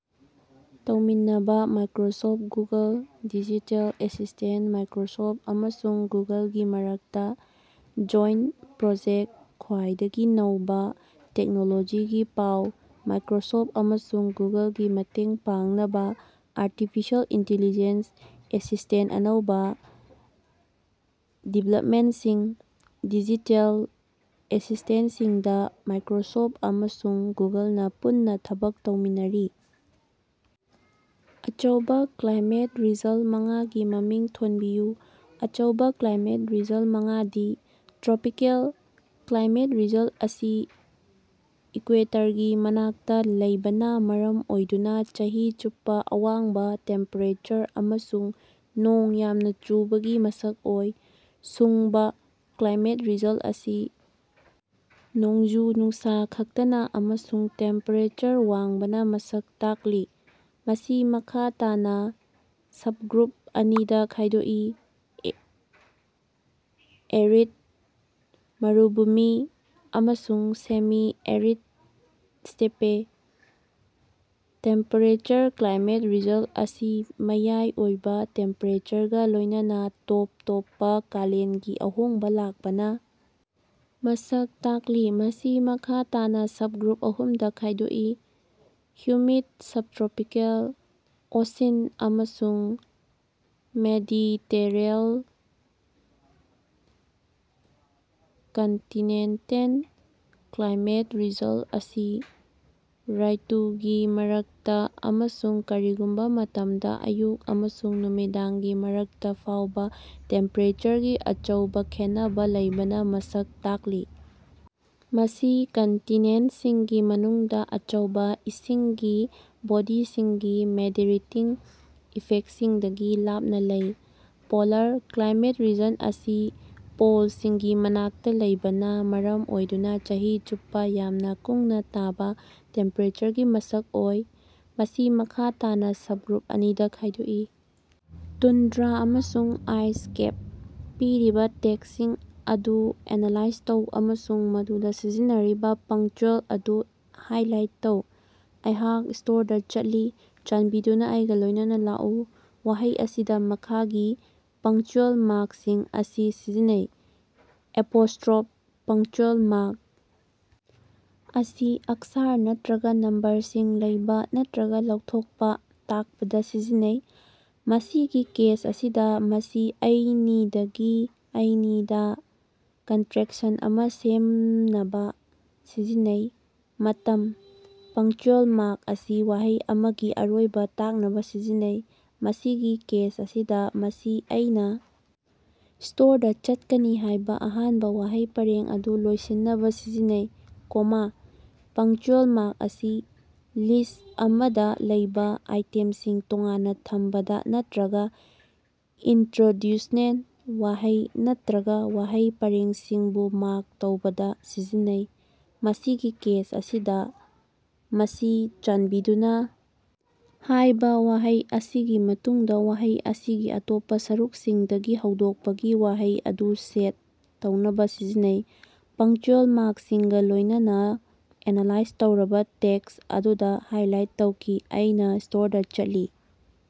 ꯇꯧꯃꯤꯟꯅꯕꯥ Microsoft Google digital assistant Microsoft ꯑꯃꯁꯨꯡ ꯒꯨꯒꯜꯒꯤ ꯃꯔꯛꯇꯥ joint project ꯈ꯭ꯋꯥꯏꯗꯒꯤ ꯅꯧꯕꯥ ꯇꯦꯛꯅꯣꯂꯣꯖꯤꯒꯤ ꯄꯥꯎ ꯃꯥꯏꯀꯔꯣꯁꯣꯐ ꯑꯃꯁꯨꯡ ꯒꯨꯒꯜꯒꯤ ꯃꯇꯦꯡ ꯄꯥꯡꯅꯕ ꯑꯥꯔꯇꯤꯐꯤꯁꯤꯑꯦꯜ ꯏꯟꯇꯤꯂꯤꯖꯦꯟꯁ ꯑꯦꯁꯤꯁꯇꯦꯟꯇ ꯑꯅꯧꯕ ꯗꯤꯕꯦꯂꯞꯃꯦꯟꯠꯁꯤꯡ꯫ ꯗꯤꯖꯤꯇꯦꯜ ꯑꯦꯁꯤꯁꯇꯦꯟꯠꯁꯤꯡꯗ ꯃꯥꯏꯀꯔꯣꯁꯣꯐ ꯑꯃꯁꯨꯡ ꯒꯨꯒꯜꯅ ꯄꯨꯟꯅ ꯊꯕꯛ ꯇꯧꯃꯤꯟꯅꯔꯤ꯫ ꯑꯆꯧꯕꯥ ꯀ꯭ꯂꯥꯏꯃꯦꯠ ꯔꯤꯖꯟ ꯃꯉꯥꯒꯤ ꯃꯃꯤꯡ ꯊꯣꯟꯕꯤꯌꯨ꯫ ꯑꯆꯧꯕ ꯀ꯭ꯂꯥꯏꯃꯦꯠ ꯔꯤꯖꯟ ꯃꯉꯥꯗꯤ: ꯇ꯭ꯔꯣꯄꯤꯀꯦꯜ: ꯀ꯭ꯂꯥꯏꯃꯦꯠ ꯔꯤꯖꯟ ꯑꯁꯤ ꯏꯀꯌꯨꯏꯇꯔꯒꯤ ꯃꯅꯥꯛꯇꯥ ꯂꯩꯕꯅꯥ ꯃꯔꯝ ꯑꯣꯏꯗꯨꯅ ꯆꯍꯤ ꯆꯨꯞꯄꯥ ꯑꯋꯥꯡꯕꯥ ꯇꯦꯝꯄꯦꯔꯦꯆꯔ ꯑꯃꯁꯨꯡ ꯅꯣꯡ ꯌꯥꯝꯅ ꯆꯨꯕꯒꯤ ꯃꯁꯛ ꯑꯣꯏ꯫ ꯁꯨꯡꯕꯥ: ꯀ꯭ꯂꯥꯏꯃꯦꯠ ꯔꯤꯖꯟ ꯑꯁꯤ ꯅꯣꯡꯖꯨ ꯅꯨꯡꯁꯥ ꯈꯛꯇꯅꯥ ꯑꯃꯁꯨꯡ ꯇꯦꯝꯄꯦꯔꯦꯆꯔ ꯋꯥꯡꯕꯅꯥ ꯃꯁꯛ ꯇꯥꯛꯂꯤ꯫ ꯃꯁꯤ ꯃꯈꯥ ꯇꯥꯅꯥ ꯁꯕꯒ꯭ꯔꯨꯞ ꯑꯅꯤꯗꯥ ꯈꯥꯏꯗꯣꯛꯏ: ꯑꯦꯔꯤꯗ ꯃꯔꯨꯚꯨꯃꯤ ꯑꯃꯁꯨꯡ semi arid steppe. Temperature climate region ꯑꯁꯤ ꯃꯌꯥꯏ ꯑꯣꯏꯕ ꯇꯦꯝꯄꯦꯔꯦꯆꯔꯒꯥ ꯂꯣꯏꯅꯅꯥ ꯇꯣꯞ ꯇꯣꯞꯄꯥ ꯀꯥꯂꯦꯟꯒꯤ ꯑꯍꯣꯡꯕ ꯂꯥꯛꯄꯅꯥ ꯃꯁꯛ ꯇꯥꯛꯂꯤ꯫ ꯃꯁꯤ ꯃꯈꯥ ꯇꯥꯅꯥ ꯁꯕꯒ꯭ꯔꯨꯞ ꯑꯍꯨꯝꯗꯥ ꯈꯥꯏꯗꯣꯛꯏ: ꯍꯨꯃꯤꯗ ꯁꯕꯇ꯭ꯔꯣꯄꯤꯀꯦꯜ, ꯑꯣꯁꯤꯟ ꯑꯃꯁꯨꯡ ꯃꯦꯗꯤꯇꯦꯔꯦꯅꯤꯌꯟ꯫ ꯀꯟꯇꯤꯅꯦꯟꯇꯜ: ꯀ꯭ꯂꯥꯏꯃꯦꯠ ꯔꯤꯖꯟ ꯑꯁꯤ ꯔ꯭ꯏꯇꯨꯒꯤ ꯃꯔꯛꯇ ꯑꯃꯁꯨꯡ ꯀꯔꯤꯒꯨꯝꯕ ꯃꯇꯝꯗ ꯑꯌꯨꯛ ꯑꯃꯁꯨꯡ ꯅꯨꯃꯤꯗꯥꯡꯒꯤ ꯃꯔꯛꯇꯥ ꯐꯥꯎꯕ ꯇꯦꯝꯄꯦꯔꯦꯆꯔꯒꯤ ꯑꯆꯧꯕ ꯈꯦꯠꯅꯕꯥ ꯂꯩꯕꯅꯥ ꯃꯁꯛ ꯇꯥꯛꯂꯤ꯫ ꯃꯁꯤ ꯀꯟꯇꯤꯅꯦꯟꯠꯁꯤꯡꯒꯤ ꯃꯅꯨꯡꯗ, ꯑꯆꯧꯕꯥ ꯏꯁꯤꯡꯒꯤ ꯕꯣꯗꯤꯁꯤꯡꯒꯤ ꯃꯣꯗꯦꯔꯦꯇꯤꯡ ꯏꯐꯦꯛꯠꯁꯤꯡꯗꯒꯤ ꯂꯥꯞꯅ ꯂꯩ꯫ ꯄꯣꯂꯥꯔ: ꯀ꯭ꯂꯥꯏꯃꯦꯠ ꯔꯤꯖꯟ ꯑꯁꯤ ꯄꯣꯜꯁꯤꯡꯒꯤ ꯃꯅꯥꯛꯇ ꯂꯩꯕꯅ ꯃꯔꯝ ꯑꯣꯏꯗꯨꯅ ꯆꯍꯤ ꯆꯨꯞꯄ ꯌꯥꯝꯅ ꯀꯨꯡꯅ ꯇꯥꯕ ꯇꯦꯝꯄꯦꯔꯦꯆꯔꯒꯤ ꯃꯁꯛ ꯑꯣꯏ꯫ ꯃꯁꯤ ꯃꯈꯥ ꯇꯥꯅꯥ ꯁꯕꯒ꯭ꯔꯨꯞ ꯑꯅꯤꯗꯥ ꯈꯥꯏꯗꯣꯛꯏ: ꯇꯨꯟꯗ꯭ꯔꯥ ꯑꯃꯁꯨꯡ ꯑꯥꯏꯁ ꯀꯦꯞ꯫ ꯄꯤꯔꯤꯕꯥ ꯇꯦꯛꯁ ꯑꯗꯨ ꯑꯦꯅꯥꯂꯥꯏꯖ ꯇꯧ ꯑꯃꯁꯨꯡ ꯃꯗꯨꯗꯥ ꯁꯤꯖꯤꯟꯅꯔꯤꯕꯥ ꯄꯪꯆ꯭ꯌꯨꯑꯦꯜ ꯑꯗꯨ ꯍꯥꯏꯂꯥꯏꯠ ꯇꯧ꯫ ꯑꯩꯍꯥꯛ ꯁ꯭ꯇꯣꯔꯗꯥ ꯆꯠꯂꯤ꯫ ꯆꯥꯟꯕꯤꯗꯨꯅꯥ ꯑꯩꯒ ꯂꯣꯏꯅꯅ ꯂꯥꯛꯎ꯫ ꯋꯥꯍꯩ ꯑꯁꯤꯗ ꯃꯈꯥꯒꯤ ꯄꯪꯆ꯭ꯌꯨꯑꯦꯜ ꯃꯥꯔꯛꯁꯤꯡ ꯑꯁꯤ ꯁꯤꯖꯤꯟꯅꯩ: ꯑꯦꯄꯣꯁ꯭ꯇꯔꯣꯐ ꯄꯪꯆ꯭ꯌꯨꯑꯦꯜ ꯃꯥꯔꯛ ꯑꯁꯤ ꯑꯛꯁꯔ ꯅꯠꯇ꯭ꯔꯒ ꯅꯝꯕꯔꯁꯤꯡ ꯂꯩꯕ ꯅꯠꯇ꯭ꯔꯒ ꯂꯧꯊꯣꯛꯄ ꯇꯥꯛꯄꯗ ꯁꯤꯖꯤꯟꯅꯩ꯫ ꯃꯁꯤꯒꯤ ꯀꯦꯁ ꯑꯁꯤꯗ, ꯃꯁꯤ ꯑꯩꯅꯤꯗꯒꯤ ꯑꯩꯅꯤꯗꯥ ꯀꯟꯇꯔꯦꯛꯁꯟ ꯑꯃꯥ ꯁꯦꯝꯅꯕ ꯁꯤꯖꯤꯟꯅꯩ꯫ ꯃꯇꯝ: ꯄꯪꯆ꯭ꯌꯨꯑꯦꯜ ꯃꯥꯔꯛ ꯑꯁꯤ ꯋꯥꯍꯩ ꯑꯃꯒꯤ ꯑꯔꯣꯏꯕ ꯇꯥꯛꯅꯕꯥ ꯁꯤꯖꯤꯟꯅꯩ꯫ ꯃꯁꯤꯒꯤ ꯀꯦꯁ ꯑꯁꯤꯗꯥ, ꯃꯁꯤ ꯑꯩꯅꯥ ꯁ꯭ꯇꯣꯔꯗꯥ ꯆꯠꯀꯅꯤ ꯍꯥꯏꯕ ꯑꯍꯥꯟꯕ ꯋꯥꯍꯩ ꯄꯔꯦꯡ ꯑꯗꯨ ꯂꯣꯏꯁꯤꯟꯅꯕ ꯁꯤꯖꯤꯟꯅꯩ꯫ ꯀꯣꯃꯥ: ꯄꯪꯆ꯭ꯌꯨꯑꯦꯜ ꯃꯥꯔꯛ ꯑꯁꯤ ꯂꯤꯁ꯭ꯠ ꯑꯃꯗꯥ ꯂꯩꯕꯥ ꯑꯥꯏꯇꯦꯝꯁꯤꯡ ꯇꯣꯉꯥꯟꯅ ꯊꯝꯕꯗ ꯅꯠꯇꯔꯒꯥ ꯏꯅꯇꯔꯣꯗ꯭ꯌꯨꯁꯅꯦꯜ ꯋꯥꯍꯩ ꯅꯠꯇꯔꯒ ꯋꯥꯍꯩ ꯄꯔꯦꯡꯁꯤꯡꯕꯨ ꯃꯥꯔꯛ ꯇꯧꯕꯗ ꯁꯤꯖꯤꯟꯅꯩ꯫ ꯃꯁꯤꯒꯤ ꯀꯦꯁ ꯑꯁꯤꯗꯥ, ꯃꯁꯤ ꯆꯥꯟꯕꯤꯗꯨꯅꯥ ꯍꯥꯏꯕ ꯋꯥꯍꯩ ꯑꯁꯤꯒꯤ ꯃꯇꯨꯡꯗ ꯋꯥꯍꯩ ꯑꯁꯤꯒꯤ ꯑꯇꯣꯞꯄ ꯁꯔꯨꯛꯁꯤꯡꯗꯒꯤ ꯍꯧꯗꯣꯛꯄꯒꯤ ꯋꯥꯍꯩ ꯑꯗꯨ ꯁꯦꯠ ꯇꯧꯅꯕꯥ ꯁꯤꯖꯤꯟꯅꯩ꯫ ꯄꯪꯆ꯭ꯌꯨꯑꯦꯜ ꯃꯥꯔꯛꯁꯤꯡꯒ ꯂꯣꯏꯅꯅ ꯑꯦꯅꯥꯂꯥꯏꯖ ꯇꯧꯔꯕ ꯇꯦꯛꯁ ꯑꯗꯨꯗꯥ ꯍꯥꯏꯂꯥꯏꯠ ꯇꯧꯈꯤ: ꯑꯩꯅꯥ ꯁ꯭ꯇꯣꯔꯗꯥ ꯆꯠꯂꯤ꯫